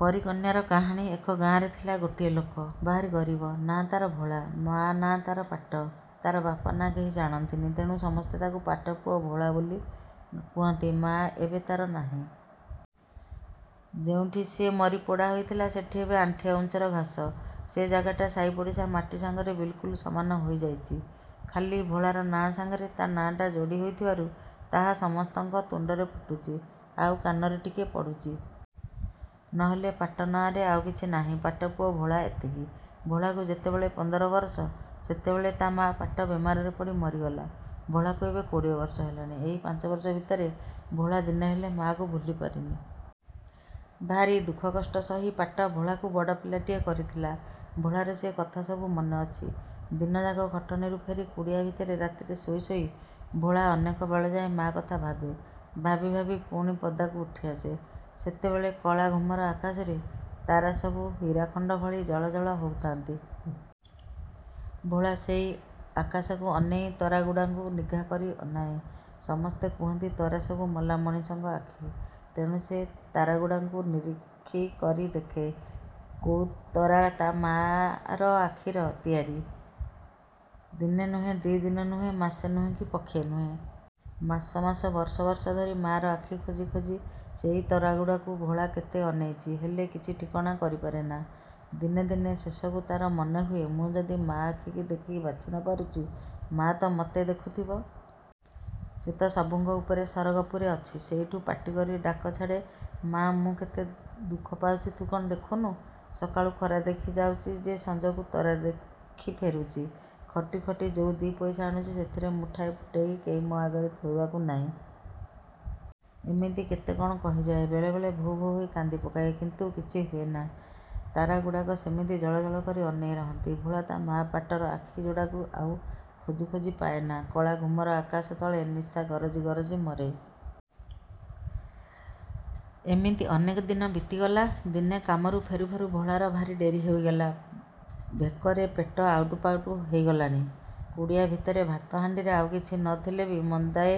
ପରୀ କନ୍ୟାର କାହାଣୀ ଏକ ଗାଆଁରେ ଥିଲା ଗୋଟିଏ ଲୋକ। ଭାରି ଗରିବ। ନାଁ ତାର ଭୋଳା। ମା ନାଁ ତାର ପାଟ। ତାର ବାପ ନାଁ କେହି ଜାଣନ୍ତିନି ତେଣୁ ସମସ୍ତେ ତାକୁ ପାଟ ପୁଅ ଭୋଳା ବୋଲି କୁହନ୍ତି। ମା ଏବେ ତାର ନାହିଁ। ଯେଉଁଠି ସିଏ ମରି ପୋଡ଼ା ହୋଇଥିଲା ସେଠି ଏବେ ଆଣ୍ଠିଏ ଉଞ୍ଚର ଘାସ। ସେ ଜାଗାଟା ସାଇପଡ଼ିଶା ମାଟି ସାଙ୍ଗରେ ବିଲକୁଲ୍ ସମାନ ହୋଇ ଯାଇଚି। ଖାଲି ଭୋଳାର ନାଁ ସାଙ୍ଗରେ ତା ନାଁ ଟା ଯୋଡ଼ି ହୋଇଥିବାରୁ ତାହା ସମସ୍ତଙ୍କ ତୁଣ୍ଡରେ ଫୁଟୁଚି, ଆଉ କାନରେ ଟିକେ ପଡ଼ୁଚି। ନହେଲେ ପାଟ ନାଁରେ ଆଉ କିଛି ନାହିଁ। 'ପାଟପୁଅ ଭୋଳା', ଏତିକି। ଭୋଳାକୁ ଯେତେବେଳେ ପନ୍ଦର ବରଷ, ସେତେବେଳେ ତା ମା' ପାଟ ବେମାରରେ ପଡ଼ି ମରିଗଲା। ଭୋଳାକୁ ଏବେ କୋଡ଼ିଏ ବର୍ଷ ହେଲାଣି। ଏହି ପାଞ୍ଚବର୍ଷ ଭିତରେ ଭୋଳା ଦିନେ ହେଲେ ମା'କୁ ଭୁଲି ପାରିନି। ଭାରି ଦୁଃଖ କଷ୍ଟ ସହି ପାଟ ଭୋଳାକୁ ବଡ଼ ପିଲାଟିଏ କରିଥିଲା। ଭୋଳାର ସେ କଥାସବୁ ମନେ ଅଛି। ଦିନଯାକ ଖଟଣିରୁ ଫେରି କୁଡ଼ିଆ ଭିତରେ ରାତିରେ ଶୋଇ ଶୋଇ ଭୋଳା ଅନେକ ବେଳଯାଏ ମା କଥା ଭାବେ। ଭାବି ଭାବି ପୁଣି ପଦାକୁ ଉଠିଆସେ, ସେତେବେଳେ କଳା ଘୁମର ଆକାଶରେ ତରାସବୁ ହୀରାଖଣ୍ଡ ଭଳି ଜଳଜଳ ହଉଥାନ୍ତି-। ଭୋଳା ସେଇ ଆକାଶକୁ ଅନେଇ ତରାଗୁଡ଼ାକୁ ନିଘା କରି ଅନାଏ। ସମସ୍ତେ କୁହନ୍ତି ତରା ସବୁ ମଲା ମଣିଷଙ୍କ ଆଖି। ତେଣୁ ସେ ତାରାଗୁଡ଼ାଙ୍କୁ ନିରିଖି କରି ଦେଖେ, କୋଉ ତରା ତା ମାର ଆଖିର ତିଆରି? ଦିନେ ନୁହେଁ, ଦି'ଦିନ ନୁହେଁ, ମାସେ ନୁହେଁ କି ପକ୍ଷେ ନୁହେଁ। ମାସ ମାସ ବର୍ଷ ବର୍ଷ ଧରି ମାର ଆଖି ଖୋଜି ଖୋଜି ସେଇ ତରାଗୁଡ଼ାକୁ ଭୋଳା କେତେ ଅନେଇଚି! ହେଲେ କିଛି ଠିକଣା କରି ପାରେନା। ଦିନେ ଦିନେ ଶେଷକୁ ତାର ମନେ ହୁଏ ମୁଁ ଯଦି ମା ଆଖିକି ଦେଖି ବାଛି ନ ପାରୁଚି, ମା' ତ ମତେ ଦେଖୁଥିବ! ସେତ ସବୁଙ୍କ ଉପରେ ସରଗପୁରେ ଅଛି। ସେଇଠୁ ପାଟି କରି ଡାକ ଛାଡ଼େ, 'ମା' ମୁଁ କେତେ ଦୁଃଖ ପାଉଚି ତୁ କଣ ଦେଖୁନୁ? ସକାଳୁ ଖରା ଦେଖି ଯାଉଚି ଯେ ସଞ୍ଜକୁ ତରା ଦେଖି ଫେରୁଚି। ଖଟି ଖଟି ଯୋଉ ଦି' ପଇସା ଆଣୁଚି ସେଥିରେ ମୁଠାଏ ଫୁଟେଇ କେହି ମୋ ଆଗରେ ଥୋଇବାକୁ ନାଇଁ। ' ଏମିତି କେତେ କଣ କହିଯାଏ, ବେଳେବେଳେ ଭୋ ଭୋ ହୋଇ କାନ୍ଦି ପକାଏ। କିନ୍ତୁ କିଛି ହୁଏନା। ତାରାଗୁଡ଼ାକ ସେମିତି ଜଳଜଳ କରି ଅନେଇ ରହନ୍ତି। ଭୋଳା ତା ମା ପାଟର ଆଖି ଯୋଡ଼ାକୁ ଆଉ ଖୋଜି ଖୋଜି ପାଏନା। କଳା ଘୁମର ଆକାଶ ତଳେ ନିଶା ଗରଜି ଗରଜି ମରେ। ଏମିତି ଅନେକ ଦିନ ବିତିଗଲା। ଦିନେ କାମରୁ ଫେରୁ ଫେରୁ ଭୋଳାର ଭାରି ଡେରି ହେଇଗଲା। ଭେକରେ ପେଟ ଆଉଟୁ ପାଉଟୁ ହେଇଗଲାଣି। କୁଡ଼ିଆ ଭିତରେ ଭାତ ହାଣ୍ଡିରେ ଆଉ କିଛି ନ ଥିଲେ ବି ମୁନ୍ଦାଏ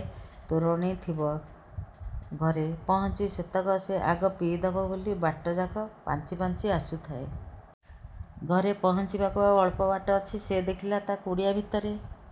ତୋରଣି ଥିବ। ଘରେ। ପହଞ୍ଚି ସେତେକ ସେ ଆଗ ପିଇ ଦବ ବୋଲି ବାଟଯାକ ପାଞ୍ଚି ପାଞ୍ଚି ଆସୁଥାଏ। ଘରେ ପହଞ୍ଚିବାକୁ ଆଉ ଅଳ୍ପ ବାଟ ଅଛି ସେ ଦେଖିଲା ତା କୁଡ଼ିଆ ଭିତରେ